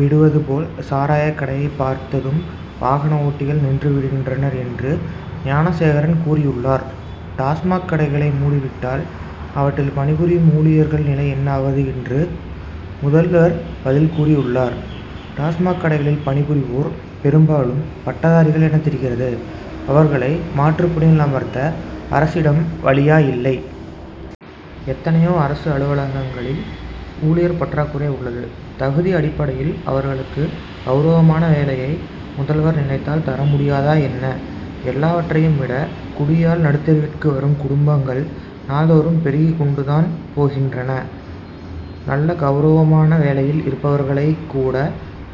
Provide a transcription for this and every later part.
விடுவது போல் சாராயக் கடையைப் பார்த்ததும் வாகன ஓட்டிகள் நின்று விடுகின்றனர் என்று ஞானசேகரன் கூறியுள்ளார். டாஸ்மாக் கடைகளை மூடிவிட்டால் அவற்றில் பணிபுரியும் ஊழியர்கள் நிலை என்னாவது என்று முதல்வர் பதில் கூறியுள்ளார். டாஸ்மாக் கடைகளில் பணிபுரிவோர் பெரும்பாலும் பட்டதாரிகள் என தெரிகிறது. அவர்களை மாற்று பணியில் அமர்த்த அரசிடம் வழியா இல்லை. எத்தனையோ அரசு அலுவலகங்களில் ஊழியர் பற்றாக்குறை உள்ளது. தகுதி அடிப்படையில் அவர்களுக்கு கவுரவமான வேலையை முதல்வர் நினைத்தால் தர முடியாதா என்ன. எல்லாவற்றையும் விட குடியால் நடுத்தெருவிற்கு வரும் குடும்பங்கள் நாள்தோறும் பெருகிக் கொண்டுதான் போகின்றன. நல்ல கவுரவமான வேலையில் இருப்பவர்களைக் கூட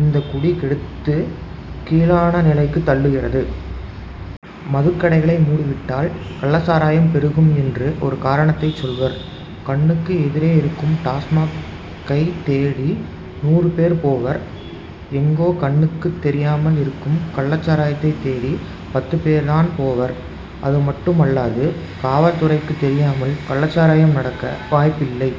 இந்த குடி கெடுத்து கீழான நிலைக்கு தள்ளுகிறது. மதுக்கடைகளை மூடிவிட்டால் கள்ளச் சாராயம் பெருகும் என்று ஒரு காரணத்தைச் சொல்வர். கண்ணுக்கு எதிரே இருக்கும் டாஸ்மாக் கைத் தேடி நூறு பேர் போவர். எங்கோ கண்ணுக்குத் தெரியாமல் இருக்கும் கள்ளச் சாராயத்தைத் தேடி பத்து பேர் தான் போவர். அதுமட்டுமல்லாது காவல் துறைக்குத் தெரியாமல் கள்ளச் சாராயம் நடக்க வாய்ப்பில்லை.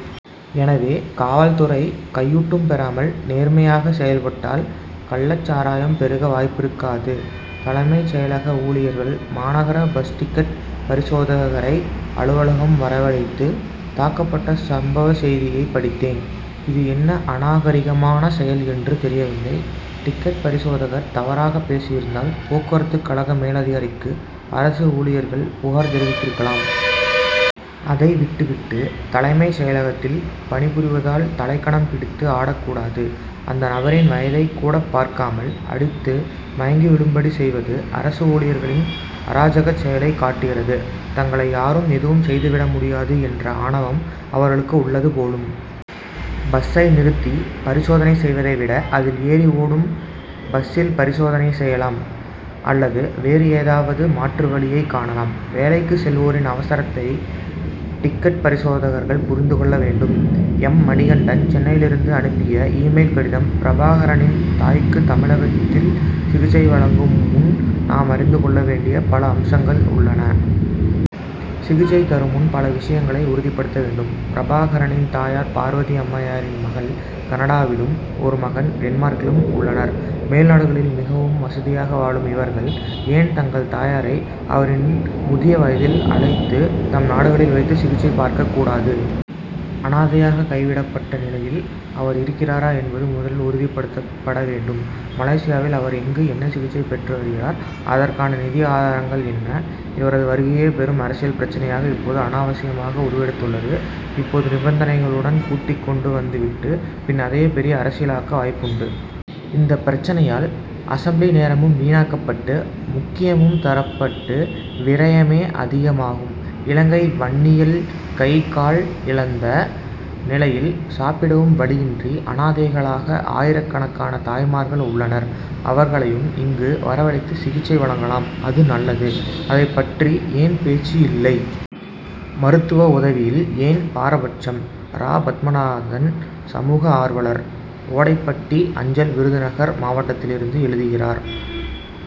எனவே காவல்துறை கையூட்டும் பெறாமல் நேர்மையாக செயல்பட்டால் கள்ளச் சாராயம் பெருக வாய்ப்பிருக்காது. தலைமைச் செயலக ஊழியர்கள் மாநகரப் பஸ் டிக்கெட் பரிசோதகரை அலுவலகம் வரவழைத்து தாக்கப்பட்ட சம்பவ செய்தியை படித்தேன். இது என்ன அநாகரிகமான செயல் என்று தெரியவில்லை. டிக்கெட் பரிசோதகர் தவறாகப் பேசியிருந்தால் போக்குவரத்துக் கழக மேலதிகாரிகளுக்கு அரசு ஊழியர்கள் புகார் தெரிவித்திருக்கலாம். அதை விட்டு விட்டு தலைமைச் செயலகத்தில் பணிபுரிவதால் தலைக்கனம் பிடித்து ஆடக் கூடாது. அந்த நபரின் வயதைக் கூடப் பார்க்காமல் அடித்து மயங்கி விழும்படி செய்வது அரசு ஊழியர்களின் அராஜகச் செயலைக் காட்டுகிறது. தங்களை யாரும் எதுவும் செய்து விட முடியாது என்ற ஆணவம் அவர்களுக்கு உள்ளது போலும். பஸ்சை நிறுத்தி பரிசோதனை செய்வதை விட அதில் ஏறி ஓடும் பஸ்சில் பரிசோதனை செய்யலாம் அல்லது வேறு ஏதாவது மாற்று வழியைக் காணலாம். வேலைக்கு செல்வோரின் அவசரத்தை டிக்கெட் பரிசோதகர்கள் புரிந்து கொள்ள வேண்டும். எம். மணிகண்டன் சென்னையிலிருந்து அனுப்பிய இ-மெயில் கடிதம் பிரபாகரனின் தாய்க்கு தமிழகத்தில் சிகிச்சை வழங்கும் முன் நாம் அறிந்து கொள்ள வேண்டிய பல அம்சங்கள் உள்ளன. சிகிச்சை தருமுன் பல விஷயங்களை உறுதிப்படுத்த வேண்டும். பிரபாகரனின் தாயார் பார்வதி அம்மையாரின் மகள் கனடாவிலும் ஒரு மகன் டென்மார்க்கிலும் உள்ளனர். மேல்நாடுகளில் மிகவும் வசதியாக வாழும் இவர்கள் ஏன் தங்கள் தாயாரை அவரின் முதிய வயதில் அழைத்து தம் நாடுகளில் வைத்து சிகிச்சை பார்க்கக் கூடாது. அனாதையாக கைவிடப்பட்ட நிலையில் அவர் இருக்கிறாரா என்பது முதலில் உறுதிப்படுத்தப்பட வேண்டும். மலேசியாவில் அவர் எங்கு என்ன சிகிச்சை பெற்று வருகிறார். அதற்கான நிதி ஆதாரங்கள் என்ன. இவரது வருகையே பெரும் அரசியல் பிரச்னையாக இப்போது அனாவசியமாக உருவெடுத்துள்ளது. இப்போது நிபந்தனைகளுடன் கூட்டிக்கொண்டு வந்துவிட்டு பின் அதையே பெரிய அரசியலாக்க வாய்ப்பு உண்டு. இந்தப் பிரச்னையால் அசெம்பிளி நேரமும் வீணாக்கப்பட்டு முக்கியமும் தரப்பட்டு விரயமே அதிகமாகும். இலங்கை வன்னியில் கை கால் இழந்த நிலையில் சாப்பிடவும் வழியின்றி அனாதைகளாக ஆயிரக்கணக்கான தாய்மார்கள் உள்ளனர். அவர்களையும் இங்கு வரவழைத்து சிகிச்சை வழங்கலாம் அது நல்லது. அதைப் பற்றி ஏன் பேச்சு இல்லை. மருத்துவ உதவியில் ஏன் பாரபட்சம். ரா. பத்மநாதன் சமூக ஆர்வலர் ஓடைப்பட்டி அஞ்சல் விருதுநகர் மாவட்டத்திலிருந்து எழுதுகிறார்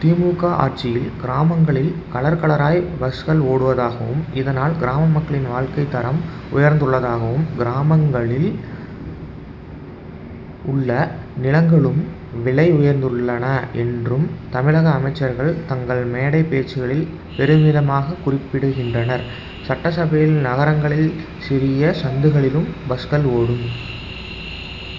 தி. மு. க. ஆட்சியில் கிராமங்களில் கலர் கலராய் பஸ்கள் ஓடுவதாகவும் இதனால் கிராம மக்களின் வாழ்க்கை தரம் உயர்ந்துள்ளதாகவும் கிராமங்களில் உள்ள நிலங்களும் விலை உயர்ந்துள்ளன என்றும் தமிழக அமைச்சர்கள் தங்கள் மேடை பேச்சுகளில் பெருமிதமாக குறிப்பிடுகின்றனர். சட்டசபையில் நகரங்களில் சிறிய சந்துகளிலும் பஸ்கள் ஓடும்.